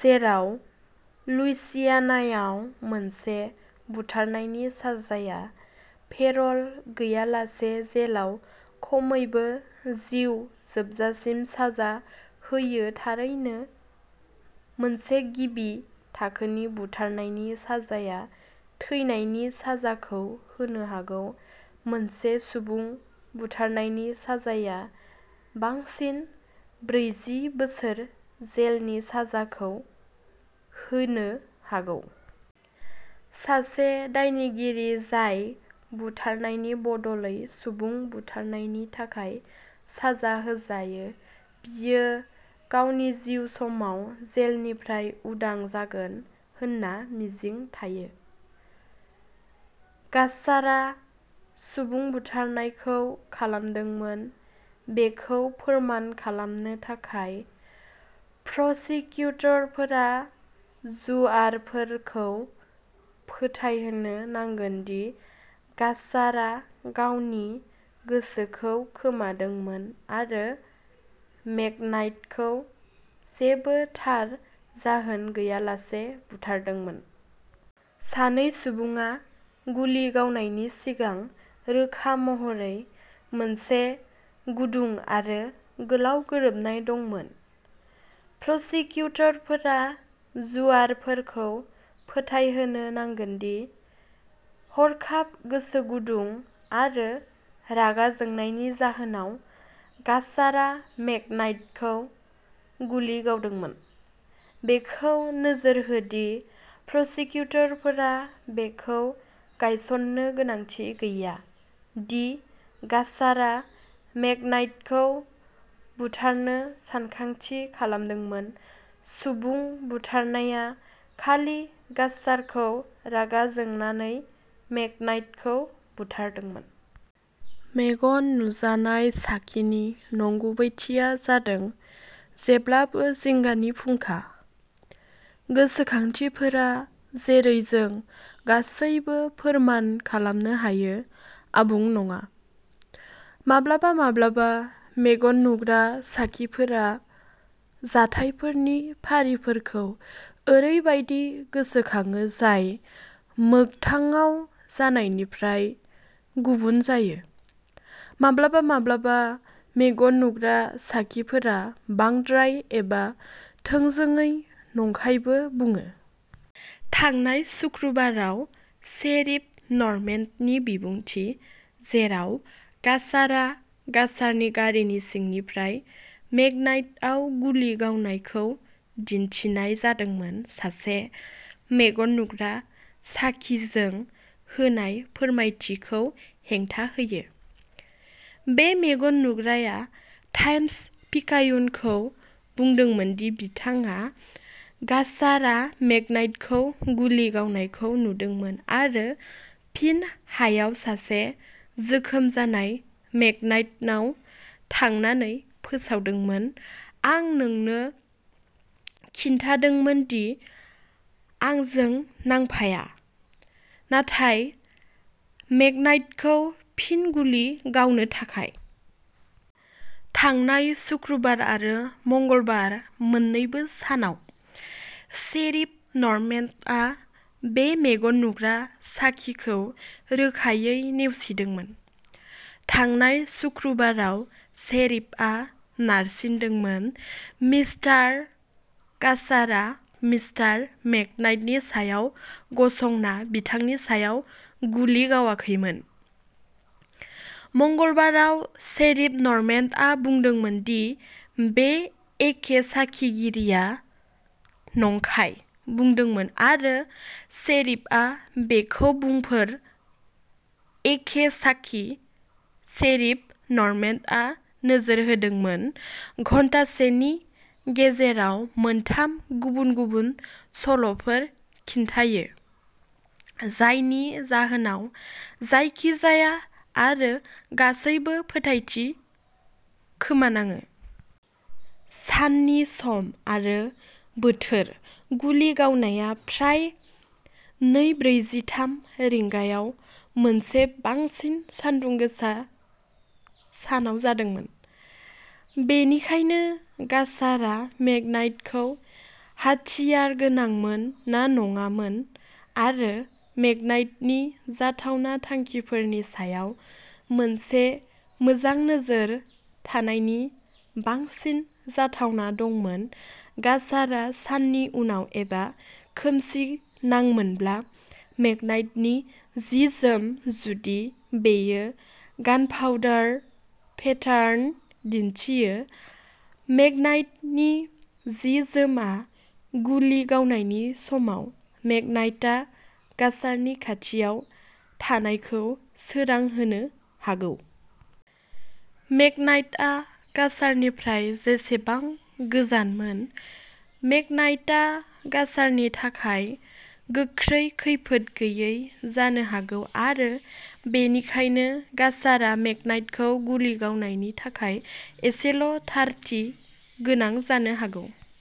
जेराव लुइसियानायाव मोनसे बुथारनायनि साजाया पेर'ल गैयालासे जेलाव खमैबो जिउ जोबजासिम साजा होयो थारैनो, मोनसे गिबि थाखोनि बुथारनायनि साजाया थैनायनि साजाखौ होनो हागौ मोनसे सुबुं बुथारनायनि साजाया बांसिन ब्रैजि बोसोर जेलनि साजाखौ होनो हागौ। सासे दायनिगिरि जाय बुथारनायनि बदलै सुबुं बुथारनायनि थाखाय साजा होजायो, बियो गावनि जिउ समाव जेलनिफ्राय उदां जागोन होनना मिजिं थायो। गास्सारा सुबुं बुथारनायखौ खालामदोंमोन बेखौ फोरमान खालामनो थाखाय, प्रसिकिउटरफोरा जुआरफोरखौ फोथायहोनो नांगोन दि गास्सारा गावनि गोसोखौ खोमादोंमोन आरो मेकनाइटखौ जेबो थार जाहोन गैयालासे बुथारदोंमोन। सानै सुबुङा गुलि गावनायनि सिगां रोखा महरै मोनसे गुदुं आरो गोलाव गोरोबनाय दंमोन। प्रसिकिउटरफोरा जुआरफोरखौ फोथायहोनो नांगोन दि, हरखाब गोसो गुदुं आरो रागा जोंनायनि जाहोनाव, गास्सारा मेकनाइटखौ गुलि गावदोंमोन। बेखौ नोजोर हो दि प्रसिकिउटरफोरा बेखौ गायसननो गोनांथि गैया दि गास्सारा मेकनाइटखौ बुथारनो सानथांखि खालामदोंमोन सुबुं बुथारनाया खालि गास्सारखौ रागा जोंनानै मेकनाइटखौ बुथारदोंमोन। मेगन नुजानाय साखिनि नंगुबैथिया जादों जेब्लाबो जिंगानि फुंखा। गोसोखांथिफोरा, जेरै जों गासैबो फोरमान खालामनो हायो, आबुं नङा। माब्लाबा माब्लाबा मेगन नुग्रा साखिफोरा जाथायफोरनि फारिफोरखौ ओरैबायदि गोसोखाङो जाय मोगथाङाव जानायनिफ्राय गुबुन जायो। माब्लाबा माब्लाबा मेगन नुग्रा साखिफोरा बांद्राय एबा थोंजोङै नंखायबो बुङो। थांनाय सुक्रुबाराव शेरिफ नर्मेन्डनि बिबुंथि, जेराव गास्सारा गास्सारनि गारिनि सिंनिफ्राय मेकनाइटआव गुलि गावनायखौ दिन्थिनाय जादोंमोन, सासे मेगन नुग्रा साखिजों होनाय फोरमायथिखौ हेंथा होयो। बे मेगन नुग्राया टाइम्स पिकायुनखौ बुंदोंमोन दि बिथाङा गास्सारा मेकनाइटखौ गुलि गावनायखौ नुदोंमोन आरो फिन हायाव सासे जोखोम जानाय मेकनाइटनाव थांनानै फोसावदोंमोन, "आं नोंनो खिन्थादोंमोन दि आंजों नांफाया", नाथाय मेकनाइटखौ फिन गुलि गावनो थाखाय। थांनाय सुक्रुबार आरो मंगलबार मोन्नैबो सानाव, शेरिफ नर्मेन्डआ बे मेगन नुग्रा साखिखौ रोखायै नेवसिदोंमोन। थांनाय सुक्रुबाराव शेरिफआ नारसिनदोंमोन, "मिस्टार गास्सारा मिस्टार मेकनाइटनि सायाव गसंना बिथांनि सायाव गुलि गावाखैमोन।" मंगलबाराव, शेरिफ नर्मेन्डआ बुंदोंमोन दि बे एखे साखिगिरिया "नंखाय" बुंदोंमोन आरो शेरिफआ बेखौ बुंफोर एखे साखी, शेरिफ नर्मान्डआ नोजोर होदोंमोन, "घन्टासेनि गेजेराव मोनथाम गुबुन गुबुन सल'फोर खिन्थायो", जायनि जाहोनाव जायखिजाया आरो गासैबो फोथायथि खोमानाङो। साननि सम आरो बोथोर गुलि गावनाया प्राय नै ब्रैजि थाम रिंगायाव मोनसे बांसिन सान्दुं गोसा सानाव जादोंमोन। बेनिखायनो, गास्सारा मेकनाइटखौ हाथियारगोनांमोन ना नङामोन, आरो मेकनाइटनि जाथावना थांखिफोरनि सायाव मोनसे मोजां नोजोर थानायनि बांसिन जाथावना दंमोन, गास्सारा साननि उनाव एबा खोमसिनांमोनब्ला मेकनाइटनि जि जोम जुदि बेयो गानपाउडार पेटार्न दिन्थियो, मेकनाइटनि जि जोमआ गुलि गावनायनि समाव मेकनाइटा गास्सारनि खाथियाव थानायखौ सोरां होनो हागौ। मेकनाइटआ गास्सारनिफ्राय जेसेबां गोजानमोन, मेकनाइटा गास्सारनि थाखाय गोख्रै खैफोद गैयै जानो हागौ आरो बेनिखायनो गास्सारा मेकनाइटखौ गुलि गावनायनि थाखाय एसेल' थारथि गोनां जानो हागौ।